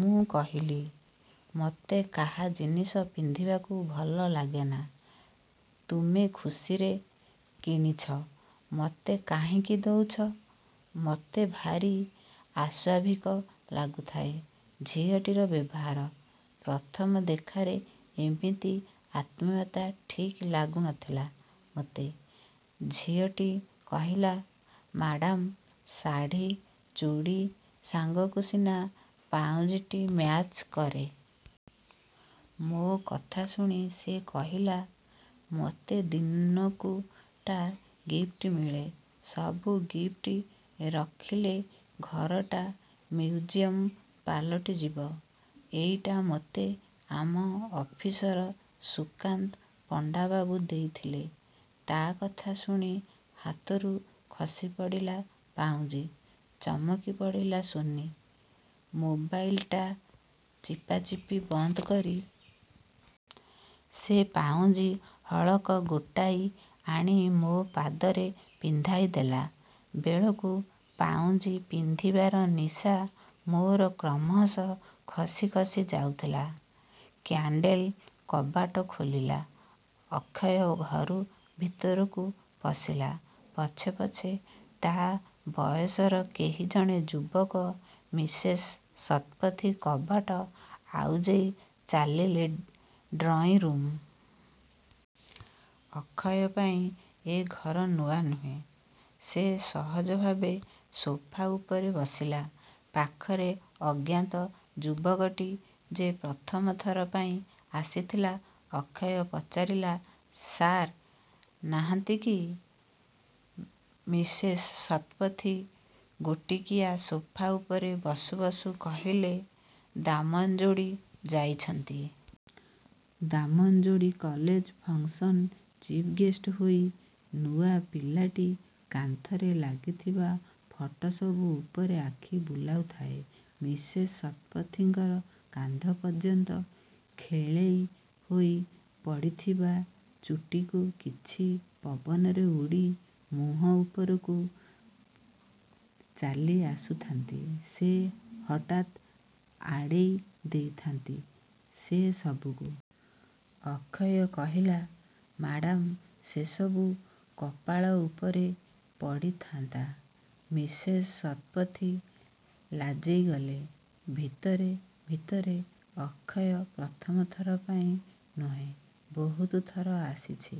ମୁଁ କହିଲି, ''ମୋତେ କାହା ଜିନିଷ ପିନ୍ଧିବାକୁ ଭଲ ଲାଗେନି-। ତମେ ଖୁସିରେ କିଣିଛ। ମତେ କାହିଁକି ଦେଉଛ? '' ମତେ ଭାରି ଅସ୍ୱାଭାବିକ ଲାଗୁଥାଏ ଝିଅଟିର ବ୍ୟବହାର। ପ୍ରଥମ ଦେଖାରେ ଏମିତି ଆତ୍ମିୟତା ଠିକ୍ ଲାଗୁନଥିଲା ମୋତେ। ଝିଅଟି କହିଲା, ''ମାଡ଼ାମ୍ ଶାଢ଼ୀ, ଚୂଡ଼ି ସାଙ୍ଗକୁ ସିନା ପାଉଁଜିଟି ମ୍ୟାଚ କରେ। '' ମୋ କଥା ଶୁଣି ସେ କହିଲା ''ମୋତେ ଦିନକୁ ଟା ଗିଫ୍ଟମିଳେ ସବୁ ଗିଫ୍ଟ ରଖିଲେ ଘରଟା ମିଉଜିୟମ୍ ପାଲଟିଯିବ, ଏଇଟା ମୋତେ ଆମ ଅଫିସର ସୁକାନ୍ତ ପଣ୍ଡାବାବୁ ଦେଇଥିଲେ। ତା'କଥା ଶୁଣି ହାତରୁ ଖସି ପଡ଼ିଲା ପାଉଁଜି। ଚମକି ପଡ଼ିଲା ସୋନି। ମୋବାଇଲଟା ଚିପାଚିପି ବନ୍ଦକରି। ସେ ପାଉଁଜି ହଳକ ଗୋଟାଇ ଆଣି ମୋ ପାଦରେ ପିନ୍ଧାଇ ଦେଲା ବେଳକୁ ପାଉଁଜି ପିନ୍ଧିବାର ନିଶା ମୋର କ୍ରମଶଃ ଖସି ଖସି ଯାଉଥିଲା। '' କ୍ୟାଣ୍ଡେଲ୍ କବାଟ ଖୋଲିଲା। ଅକ୍ଷୟ ଘର ଭିତରକୁ ପଶିଲା। ପଛେ ପଛେ ତା'ବୟସର କେହି ଜଣେ ଯୁବକ। ମିସେସ୍ ଶତପଥୀ କବାଟ ଆଉଜେଇ ଚାଲିଲେ ଡ୍ରଇଁ ରୁମ୍। ଅକ୍ଷୟ ପାଇଁ ଏ ଘର ନୂଆ ନୁହେଁ। ସେ ସହଜଭାବେ ସୋଫା ଉପରେ ବସିଲା, ପାଖରେ ଅଜ୍ଞାତ ଯୁବକଟି, ଯେ ପ୍ରଥମ ଥର ପାଇଁ ଆସିଥିଲା। ଅକ୍ଷୟ ପଚାରିଲା, ''ସାର୍ ନାହାନ୍ତି କି? '' ମିସେସ୍ ଶତପଥୀ ଗୋଟିକିଆ ସୋଫା ଉପରେ ବସୁ ବସୁ କହିଲେ ''ଦାମନଯୋଡ଼ି ଯାଇଛନ୍ତି। ଦାମନଯୋଡି କଲେଜ ଫଙ୍କସନ୍ର ଚିଫଗେଷ୍ଟ ହୋଇ। '' ନୂଆ ପିଲାଟି କାନ୍ଥରେ ଲାଗିଥିବା ଫଟୋ ସବୁ ଉପରେ ଆଖି ବୁଲାଉଥାଏ। ମିସେସ୍ ଶତପଥୀଙ୍କର କାନ୍ଧ ପର୍ଯ୍ୟନ୍ତ ଖେଳେଇ ହୋଇ ପଡ଼ିଥିବା ଚୁଟିରୁ କିଛି ପବନରେ ଉଡ଼ି ମୁହଁ ଉପରକୁ ଚାଲିଆସୁଥାନ୍ତି, ସେ ହାତରେ ଆଡ଼େଇ ଦେଉଥାନ୍ତି ସେ ସବୁକୁ। ଅକ୍ଷୟ କିହିଲା,''ମାଡ଼ାମ୍ ସେସବୁ କପାଳ ଉପରେ ପଡ଼ିଥାନ୍ତୁନା। '' ମିସେସ୍ ଶତପଥୀ ଲାଜେଇ ଗଲେ ଭିତରେ ଭିତରେ। ଅକ୍ଷୟ ପ୍ରଥମ ଥର ପାଇଁ ନୁହେଁ, ବହୁତ ଥର ଆସିଛି,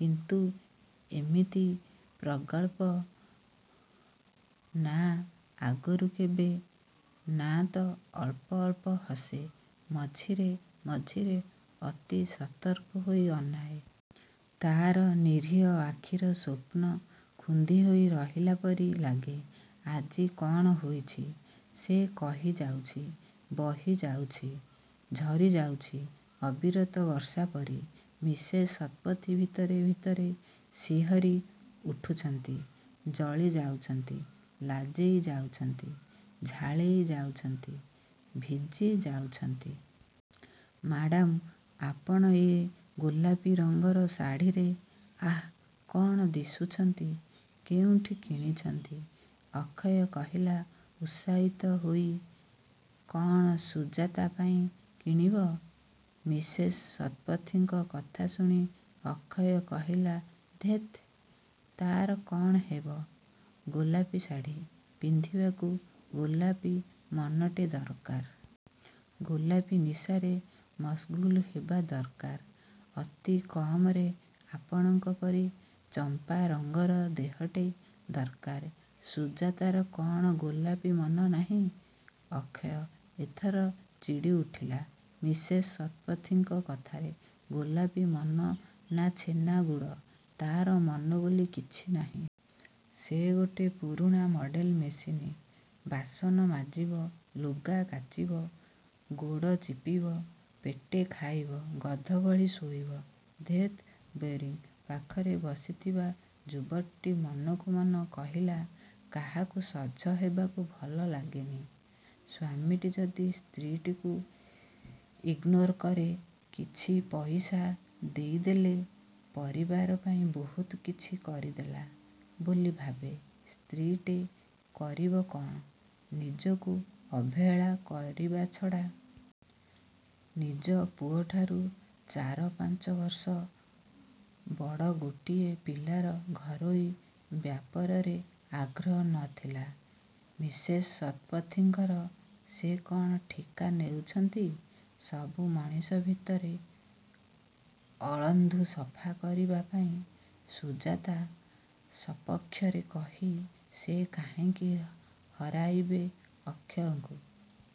କିନ୍ତୁ ଏମିତି ପ୍ରଗଳ୍ଭ। ନା। ଆଗରୁ କେବେ ନା'ତ। ଅଳ୍ପ ଅଳ୍ପ ହସେ। ମଝିରେ ମଝିରେ ଅତି ସତର୍କ ହୋଇ ଅନାଏ। ତା'ର ନୀରିହ ଆଖିରେ ସ୍ୱପ୍ନ ଖୁନ୍ଦି ହୋଇ ରହିଲା ପରି ଲାଗେ। ଆଜି କ'ଣ ହୋଇଛି! ସେ କହି ଯାଉଛି, ବହି ଯାଉଛି, ଝରି ଯାଉଛି, ଅବିରତ ବର୍ଷା ପରି। ମିସେସ୍ ଶତପଥୀ ଭିତରେ ଭିତରେ ଶିହରି ଉଠୁଛନ୍ତି, ଜଳି ଯାଉଛନ୍ତି, ଲାଜେଇ ଯାଉଛନ୍ତି, ଝାଳେଇ ଯାଉଛନ୍ତି, ଭିଜି ଯାଉଛନ୍ତି। ''ମାଡ଼ାମ୍ ଆପଣ ଏ ଗୋଲାପି ରଙ୍ଗର ଶାଢ଼ୀରେ ଆଃ- କ'ଣ ଦିଶୁଛନ୍ତି। କେଉଁଠୁ କିଣିଛନ୍ତି? '' ଅକ୍ଷୟ କହିଲା ଉତ୍ସାହିତ ହୋଇ। ''କ'ଣ ସୁଜାତା ପାଇଁ କିଣିବ? '' ମିସେସ୍ ଶତପଥୀଙ୍କ କଥା ଶୁଣି ଅକ୍ଷୟ କହିଲା,''ଧେତ୍, ତା'ର କ'ଣ ହେବ, ଗୋଲାପି ଶାଢ଼ୀ ପିନ୍ଧିବାକୁ ଗୋଲାପି ମନଟେ ଦରକାର। ଗୋଲାପି ନିଶାରେ ମସଗୁଲ୍ ହେବା ଦରକାର। ଅତିକମରେ ଆପଣଙ୍କ ପରି ଚମ୍ପା ରଙ୍ଗର ଦେହଟେ ଦରକାର। '' ''ସୁଜାତାର କ'ଣ ଗୋଲାପି ମନ ନାହିଁ? '' ଅକ୍ଷୟ ଏଥର ଚିଡ଼ି ଉଠିଲା ମିସେସ୍ ଶତପଥୀଙ୍କ କଥାରେ। ''ଗୋଲାପି ମନ ନା ଛେନା ଗୁଡ଼, ତା'ର ମନ ବୋଲି କିଛି ନାହିଁ। ସେ ଗୋଟେ ପୁରୁଣା ମଡ଼େଲ ମେସିନ୍। ବାସନ ମାଜିବ, ଲୁଗା କାଚିବ, ଗୋଡ଼ ଚିପିବ, ପେଟେ ଖାଇବ, ଗଧ ଭଳି ଶୋଇବ। ଧେତ୍ ବୋରିଂ। '' ପାଖରେ ବସିଥିବା ଯୁବକଟି ମନକୁ ମନ କହିଲା,''କାହାକୁ ସଜ ହେବାକୁ ଭଲ ଲାଗେନି! ସ୍ୱାମୀଟି ଯଦି ସ୍ତ୍ରୀଟିକୁ ଇଗନୋର କରେ, କିଛି ପଇସା ଦେଇଦେଲେ, ପରିବାର ପାଇଁ ବହୁତ କିଛି କରିଦେଲା ବୋଲି ଭାବେ, ସ୍ତ୍ରୀଟେ କରିବ କ'ଣ ନିଜକୁ ଅବହେଳା କରିବା ଛଡ଼ା? '' ନିଜ ପୁଅଠାରୁ ଚାର ପାଂଚ ବର୍ଷ ବଡ଼ ଗୋଟିଏ ପିଲାର ଘରୋଇ ବ୍ୟାପାରରେ ଆଗ୍ରହ ନ ଥିଲା ମିସେସ୍ ଶତପଥୀଙ୍କର। ସେ କ'ଣ ଠିକା ନେଇଛନ୍ତି ସବୁ ମଣିଷ ଭିତରର ଅଳନ୍ଧୁ ସଫା କରିବା ପାଇଁ? ସୁଜାତା ସପକ୍ଷରେ କହି ସେ କାହିଁକି ହରାଇବେ ଅକ୍ଷୟକୁ।